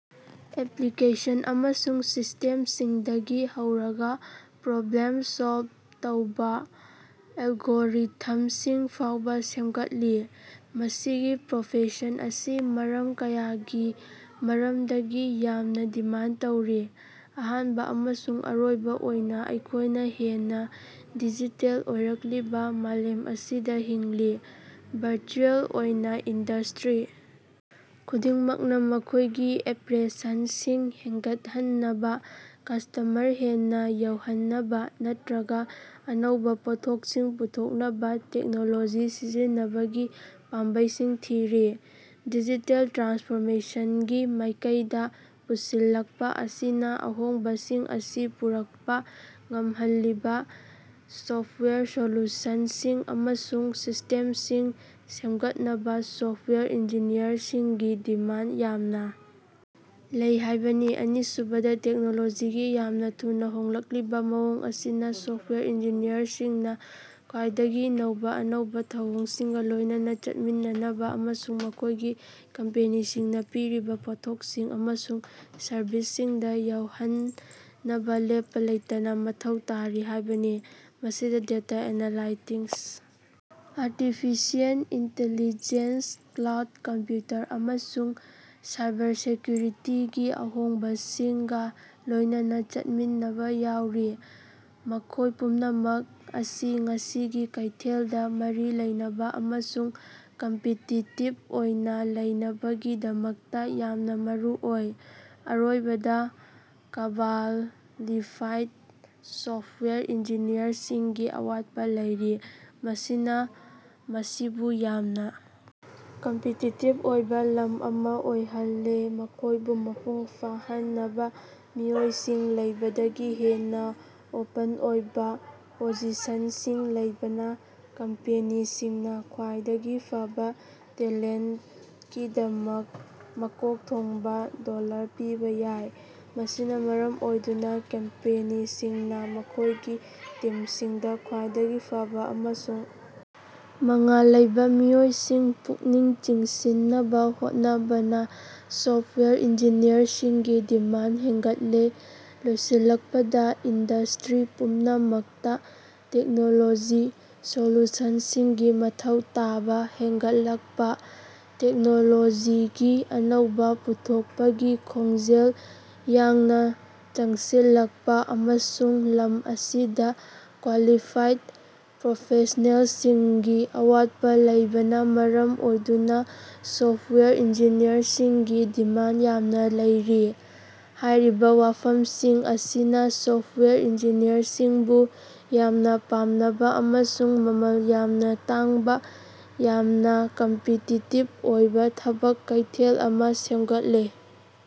Application ꯑꯃꯁꯨꯡ ꯁꯤꯁꯇꯦꯝꯁꯤꯡꯗꯒꯤ ꯍꯧꯔꯒ ꯄ꯭ꯔꯣꯕ꯭ꯂꯦꯝ ꯁꯣꯜꯕ ꯇꯧꯕ ꯑꯦꯜꯒꯣꯔꯤꯊꯝꯁꯤꯡ ꯐꯥꯎꯕ ꯁꯦꯝꯒꯠꯂꯤ꯫ ꯃꯁꯤꯒꯤ ꯄ꯭ꯔꯣꯐꯦꯁꯟ ꯑꯁꯤ ꯃꯔꯝ ꯀꯌꯥꯒꯤ ꯃꯔꯝꯗꯒꯤ ꯌꯥꯝꯅ ꯗꯤꯃꯥꯟꯗ ꯇꯧꯔꯤ꯫ ꯑꯍꯥꯟꯕ ꯑꯃꯁꯨꯡ ꯑꯔꯣꯏꯕ ꯑꯣꯏꯅ, ꯑꯩꯈꯣꯏꯅ ꯍꯦꯟꯅ ꯗꯤꯖꯤꯇꯦꯜ ꯑꯣꯏꯔꯛꯂꯤꯕ ꯃꯥꯂꯦꯝ ꯑꯁꯤꯗ ꯍꯤꯡꯂꯤ꯫ ꯚꯔꯆꯨꯑꯦꯜ ꯑꯣꯏꯅ ꯏꯟꯗꯁ꯭ꯇꯔꯤ ꯈꯨꯗꯤꯡꯃꯛꯅ ꯃꯈꯣꯏꯒꯤ ꯑꯦꯄꯔꯦꯁꯟꯁꯤꯡ ꯍꯦꯟꯒꯠꯍꯟꯅꯕ, ꯀꯁ꯭ꯇꯃꯔ ꯍꯦꯟꯅ ꯌꯧꯍꯟꯅꯕ ꯅꯠꯇꯔꯒꯥ ꯑꯅꯧꯕꯥ ꯄꯣꯠꯊꯣꯛꯁꯤꯡ ꯄꯨꯊꯣꯛꯅꯕ ꯇꯦꯛꯅꯣꯂꯣꯖꯤ ꯁꯤꯖꯤꯟꯅꯕꯒꯤ ꯄꯥꯝꯕꯩꯁꯤꯡ ꯊꯤꯔꯤ꯫ ꯗꯤꯖꯤꯇꯦꯜ ꯇ꯭ꯔꯥꯟꯁꯐꯣꯔꯃꯦꯁꯟꯒꯤ ꯃꯥꯏꯀꯩꯗ ꯄꯨꯁꯤꯜꯂꯛꯄ ꯑꯁꯤꯅ ꯑꯍꯣꯡꯕꯁꯤꯡ ꯑꯁꯤ ꯄꯨꯔꯛꯄ ꯉꯝꯍꯜꯂꯤꯕ ꯁꯣꯐꯋꯦꯌꯔ ꯁꯣꯂꯨꯁꯟꯁꯤꯡ ꯑꯃꯁꯨꯡ ꯁꯤꯁ꯭ꯇꯦꯝꯁꯤꯡ ꯁꯦꯝꯒꯠꯅꯕ ꯁꯣꯐꯋꯦꯌꯔ ꯏꯟꯖꯤꯅꯤꯌꯔꯁꯤꯡꯒꯤ ꯗꯤꯃꯥꯟꯗ ꯌꯥꯝꯅ ꯂꯩ ꯍꯥꯏꯕꯅꯤ꯫ ꯑꯅꯤꯁꯨꯕꯗ, ꯇꯦꯛꯅꯣꯂꯣꯖꯤꯒꯤ ꯌꯥꯝꯅ ꯊꯨꯅ ꯍꯣꯡꯂꯛꯂꯤꯕ ꯃꯑꯣꯡ ꯑꯁꯤꯅ ꯁꯣꯐꯋꯦꯌꯔ ꯏꯟꯖꯤꯅꯤꯌꯔꯁꯤꯡꯅ ꯈ꯭ꯋꯥꯏꯗꯒꯤ ꯅꯧꯕ ꯑꯅꯧꯕ ꯊꯧꯑꯣꯡꯁꯤꯡꯒ ꯂꯣꯏꯅꯅ ꯆꯠꯃꯤꯟꯅꯅꯕ ꯑꯃꯁꯨꯡ ꯃꯈꯣꯏꯒꯤ ꯀꯝꯄꯦꯅꯤꯁꯤꯡꯅ ꯄꯤꯔꯤꯕ ꯄꯣꯠꯊꯣꯛꯁꯤꯡ ꯑꯃꯁꯨꯡ ꯁꯔꯕꯤꯁꯁꯤꯡꯗ ꯌꯥꯎꯍꯟꯅꯕ ꯂꯦꯞꯄ ꯂꯩꯇꯅ ꯃꯊꯧ ꯇꯥꯔꯤ ꯍꯥꯏꯕꯅꯤ꯫ ꯃꯁꯤꯗ data analytics, artificial intelligence, cloud computer, ꯑꯃꯁꯨꯡ ꯁꯥꯏꯕꯔꯁꯦꯀ꯭ꯌꯨꯔꯤꯇꯤꯒꯤ ꯑꯍꯣꯡꯕꯁꯤꯡꯒ ꯂꯣꯏꯅꯅ ꯆꯠꯃꯤꯟꯅꯕ ꯌꯥꯎꯔꯤ, ꯃꯈꯣꯏ ꯄꯨꯝꯅꯃꯛ ꯑꯁꯤ ꯉꯁꯤꯒꯤ ꯀꯩꯊꯦꯜꯗ ꯃꯔꯤ ꯂꯩꯅꯕ ꯑꯃꯁꯨꯡ ꯀꯝꯄꯤꯇꯤꯇꯤꯕ ꯑꯣꯏꯅ ꯂꯩꯅꯕꯒꯤꯗꯃꯛꯇ ꯌꯥꯝꯅ ꯃꯔꯨ ꯑꯣꯏ꯫ ꯑꯔꯣꯏꯕꯗ, ꯀ꯭ꯕꯥꯜꯂꯤꯐꯥꯏꯗ ꯁꯣꯐꯋꯦꯌꯔ ꯏꯟꯖꯤꯅꯤꯌꯔꯁꯤꯡꯒꯤ ꯑꯋꯥꯠꯄꯥ ꯂꯩꯔꯤ, ꯃꯁꯤꯅ ꯃꯁꯤꯕꯨ ꯌꯥꯝꯅ ꯀꯝꯄꯤꯇꯤꯇꯤꯕ ꯑꯣꯏꯕ ꯂꯝ ꯑꯃ ꯑꯣꯏꯍꯜꯂꯦ꯫ ꯃꯈꯣꯏꯕꯨ ꯃꯄꯨꯡ ꯐꯥꯍꯟꯅꯕ ꯃꯤꯑꯣꯏꯁꯤꯡ ꯂꯩꯕꯗꯒꯤ ꯍꯦꯟꯅ ꯑꯣꯄꯟ ꯑꯣꯏꯕ ꯄꯣꯖꯤꯁꯟꯁꯤꯡ ꯂꯩꯕꯅ ꯀꯝꯄꯦꯅꯤꯁꯤꯡꯅ ꯈ꯭ꯋꯥꯏꯗꯒꯤ ꯐꯕ ꯇꯦꯂꯦꯟꯇꯀꯤꯗꯃꯛ ꯃꯀꯣꯛ ꯊꯣꯡꯕ ꯗꯣꯜꯂꯔ ꯄꯤꯕꯥ ꯌꯥꯏ꯫ ꯃꯁꯤꯅ ꯃꯔꯝ ꯑꯣꯏꯗꯨꯅ ꯀꯝꯄꯦꯅꯤꯁꯤꯡꯅ ꯃꯈꯣꯏꯒꯤ ꯇꯤꯝꯁꯤꯡꯗ ꯈ꯭ꯋꯥꯏꯗꯒꯤ ꯐꯕ ꯑꯃꯁꯨꯡ ꯃꯉꯥꯜ ꯂꯩꯕ ꯃꯤꯑꯣꯏꯁꯤꯡ ꯄꯨꯛꯅꯤꯡ ꯆꯤꯡꯁꯤꯟꯅꯕ ꯍꯣꯠꯅꯕꯅ ꯁꯣꯐꯋꯦꯌꯔ ꯏꯟꯖꯤꯅꯤꯌꯔꯁꯤꯡꯒꯤ ꯗꯤꯃꯥꯟꯗ ꯍꯦꯟꯒꯠꯂꯦ꯫ ꯂꯣꯏꯁꯤꯜꯂꯛꯄꯗ, ꯏꯟꯗꯁ꯭ꯇꯔꯤ ꯄꯨꯝꯅꯃꯛꯇ ꯇꯦꯛꯅꯣꯂꯣꯖꯤ ꯁꯣꯂꯨꯁꯟꯁꯤꯡꯒꯤ ꯃꯊꯧ ꯇꯥꯕ ꯍꯦꯟꯒꯠꯂꯛꯄ, ꯇꯦꯛꯅꯣꯂꯣꯖꯤꯒꯤ ꯑꯅꯧꯕꯥ ꯄꯨꯊꯣꯛꯄꯒꯤ ꯈꯣꯡꯖꯦꯜ ꯌꯥꯡꯅ ꯆꯪꯁꯤꯜꯂꯛꯄ, ꯑꯃꯁꯨꯡ ꯂꯝ ꯑꯁꯤꯗ ꯀ꯭ꯋꯥꯂꯤꯐꯥꯏꯗ ꯄ꯭ꯔꯣꯐꯦꯁ꯭ꯅꯦꯜꯁꯤꯡꯒꯤ ꯑꯋꯥꯠꯄ ꯂꯩꯕꯅ ꯃꯔꯝ ꯑꯣꯏꯗꯨꯅ ꯁꯣꯐꯋꯦꯌꯔ ꯏꯟꯖꯤꯅꯤꯌꯔꯁꯤꯡꯒꯤ ꯗꯤꯃꯥꯟꯗ ꯌꯥꯝꯅ ꯂꯩꯔꯤ꯫ ꯍꯥꯏꯔꯤꯕ ꯋꯥꯐꯝꯁꯤꯡ ꯑꯁꯤꯅ ꯁꯣꯐꯋꯦꯌꯔ ꯏꯟꯖꯤꯅꯤꯌꯔꯁꯤꯡꯕꯨ ꯌꯥꯝꯅ ꯄꯥꯝꯅꯕ ꯑꯃꯁꯨꯡ ꯃꯃꯜ ꯌꯥꯝꯅ ꯇꯥꯡꯕ ꯌꯥꯝꯅ ꯀꯝꯄꯤꯇꯤꯇꯤꯕ ꯑꯣꯏꯕ ꯊꯕꯛ ꯀꯩꯊꯦꯜ ꯑꯃ ꯁꯦꯝꯒꯠꯂꯦ꯫।